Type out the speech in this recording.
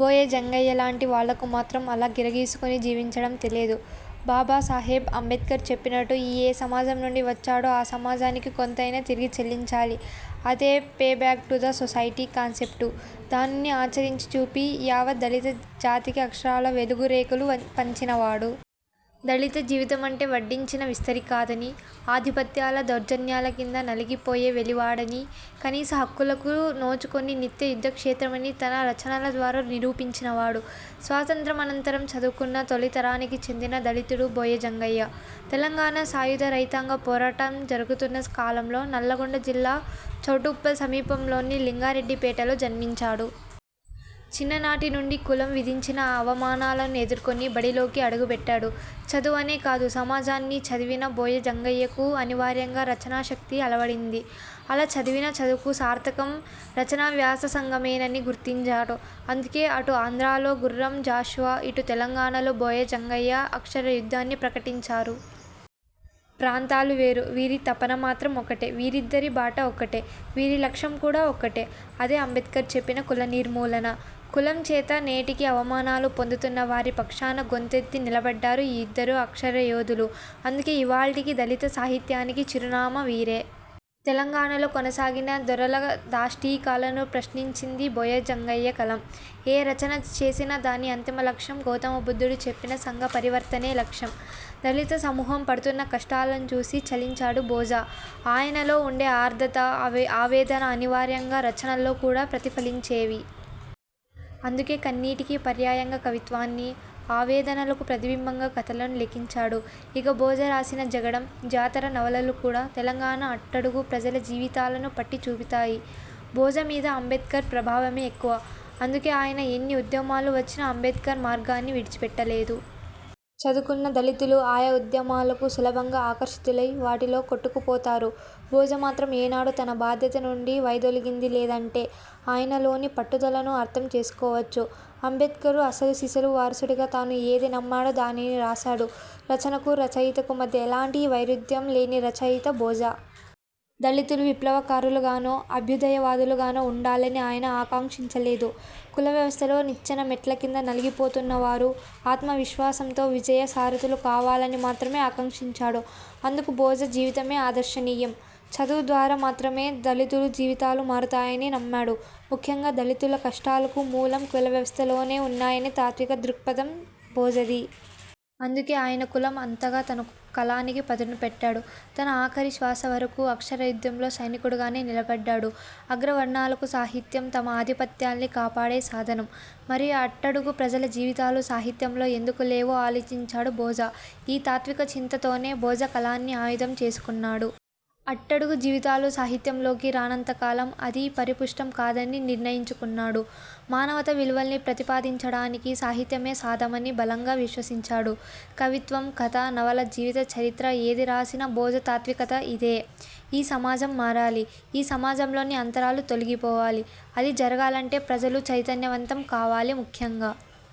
బోయ జంగయ్య లాంటి వాళ్లకు మాత్రం అలా గిరగెసుకొని జీవించడం తెలియదు. బాబా సాహెబ్ అంబేడ్కర్ చెప్పినట్టు ఇ ఏ సమాజం నుండి వచ్చాడో ఆ సమాజానికి కొంతైనా తిరిగి చెల్లించాలి. అదే ''pay back to the society'' concept. దానిని ఆచరించి చూపి, యావత్ దళిత జాతికి అక్షరాల వెలుగురేఖలు వ పంచినవాడు. దళిత జీవితమంటే వడ్డించిన విస్తరి కాదని, ఆధిపత్యాల దౌర్జన్యాల కింద నలిగిపోయే వెలివాడని, కనీస హక్కులకు నోచుకొని నిత్య యుద్ధక్షేత్రమని తన రచనలద్వారా నిరూపించినవాడు. స్వాతంత్య్రమనంతరం చదువుకున్న తొలితరానికి చెందిన దళితుడు బోయ జంగయ్య. తెలంగాణ సాయుధ రైతాంగ పోరాటం జరుగుతున్న కాలంలో నల్లగొండ జిల్లా చౌటుప్పల్ సమీపంలోని లింగారెడ్డిపేటలో జన్మించాడు. చిన్ననాటి నుండి కులం విధించిన అవమానాలను ఎదుర్కొని బడిలోకి అడుగుపెట్టాడు. చదువనే కాదు సమాజాన్ని చదివిన బోయ జంగయ్యకు అనివార్యంగా రచనాశక్తి అలవడింది. అలా చదివిన చదువుకు సార్థకం రచనావ్యాసంగమేనని గుర్తించాడు. అందుకే అటు ఆంధ్రాలో గుర్రం జాషువా, ఇటు తెలంగాణలో బోయ జంగయ్య అక్షరయుద్ధాన్ని ప్రకటించారు. ప్రాంతాలు వేరు. వీరి తపన మాత్రం ఒకటే. వీరిద్దరి బాట ఒక్కటే. వీరి లక్ష్యం కూడా ఒక్కటే. అదే అంబేడ్కర్ చెప్పిన కులనిర్మూలన. కులం చేత నేటికి అవమానాలు పొందుతున్న వారి పక్షాన గొంతెత్తి నిలబడ్డారు ఈ యిద్దరు అక్షర యోధులు. అందుకే ఇవాళ్టికి దళిత సాహిత్యానికి చిరునామా వీరే. తెలంగాణలో కొనసాగిన దొరల దాష్టీకాలను ప్రశ్నించింది బోయ జంగయ్య కలం. ఏ రచన చేసినా దాని అంతిమ లక్ష్యం గౌతమ బుద్ధుడు చెప్పిన సంఘపరివర్తనే లక్ష్యం. దళిత సమూహం పడుతున్న కష్టాలను చూసి చలించాడు బోజ. ఆయనలో ఉండే ఆర్ధ్రత, ఆవే ఆవేదన అనివార్యంగా రచనల్లో కూడా ప్రతిఫలించేవి. అందుకే కన్నీటికి పర్యాయంగా కవిత్వాన్ని, ఆవేదనలకు ప్రతిబింబంగా కథలను లిఖించాడు. ఇక బోజ రాసిన జగడం, జాతర నవలలు కూడా తెలంగాణ అట్టడుగు ప్రజల జీవితాలను పట్టి చూపుతాయి. బోజ మీద అంబేడ్కర్ ప్రభావమే ఎక్కువ. అందుకే ఆయన ఎన్ని ఉద్యమాలు వచ్చినా అంబేడ్కర్ మార్గాన్ని విడిచిపెట్టలేదు. చదువుకున్న దళితులు ఆయా ఉద్యమాలకు సులభంగా ఆకర్షితులై వాటిలో కొట్టుకుపోతారు. బోజ మాత్రం ఏనాడూ తన బాధ్యత నుండి వైదొలగింది లేదంటే, ఆయనలోని పట్టుదలను అర్థం చేసుకోవచ్చు. అంబేడ్కర్ అసలు సిసలు వారసుడిగా తాను ఏది నమ్మాడో, దానిని రాసాడు. రచనకు, రచయితకు మధ్య ఎలాంటి వైరుధ్యం లేని రచయిత బోజ. దళితులు విప్లవకారులుగానో, అభ్యుదయ వాదులుగానో ఉండాలని ఆయన ఆకాంక్షించలేదు. కులవ్యవస్థలో నిచ్చెన మెట్ల కింద నలిగిపోతున్న వారు, ఆత్మవిశ్వాసంతో విజయసారథులు కావాలని మాత్రమే ఆకాంక్షించాడు. అందుకు బోజ జీవితమే ఆదర్శనీయం. చదువు ద్వారా మాత్రమే దళితులు జీవితాలు మారుతాయని నమ్మాడు. ముఖ్యంగా దళితుల కష్టాలకు మూలం కులవ్యవస్థలోనే ఉన్నాయని తాత్విక దృక్పథం బోజది. అందుకే ఆయన కులం అంతంగా తన కలానికి పదును పెట్టాడు. తనఆఖరి శ్వాసవరకు అక్షరయుద్ధంలో సైనికుడిగానే నిలబడ్డాడు. అగ్రవర్ణాలకు సాహిత్యం తమ ఆధిపత్యాల్ని కాపాడే సాధనం. మరి అట్టడుగు ప్రజల జీవితాలు సాహిత్యంలో ఎందుకు లేవో ఆలోచించాడు బోజ. ఈ తాత్విక చింతతోనే బోజ కలాన్ని ఆయుధం చేసుకున్నాడు. అట్టడుగు జీవితాలు సాహిత్యంలోకి రానంత కాలం, అది పరిపుష్టం కాదని నిర్ణయించుకున్నాడు. మానవతా విలువల్ని ప్రతిపాదించడానికి సాహిత్యమే సాధమని బలంగా విశ్వసించాడు. కవిత్వం, కథ, నవల, జీవిత చరిత్ర ఏది రాసిన బోజ తాత్వికత ఇదే. ఈ సమాజం మారాలి. ఈ సమాజంలోని అంతరాలు తొలగిపోవాలి. అది జరగాలంటే ప్రజలు చైతన్యవంతం కావాలి. ముఖ్యంగా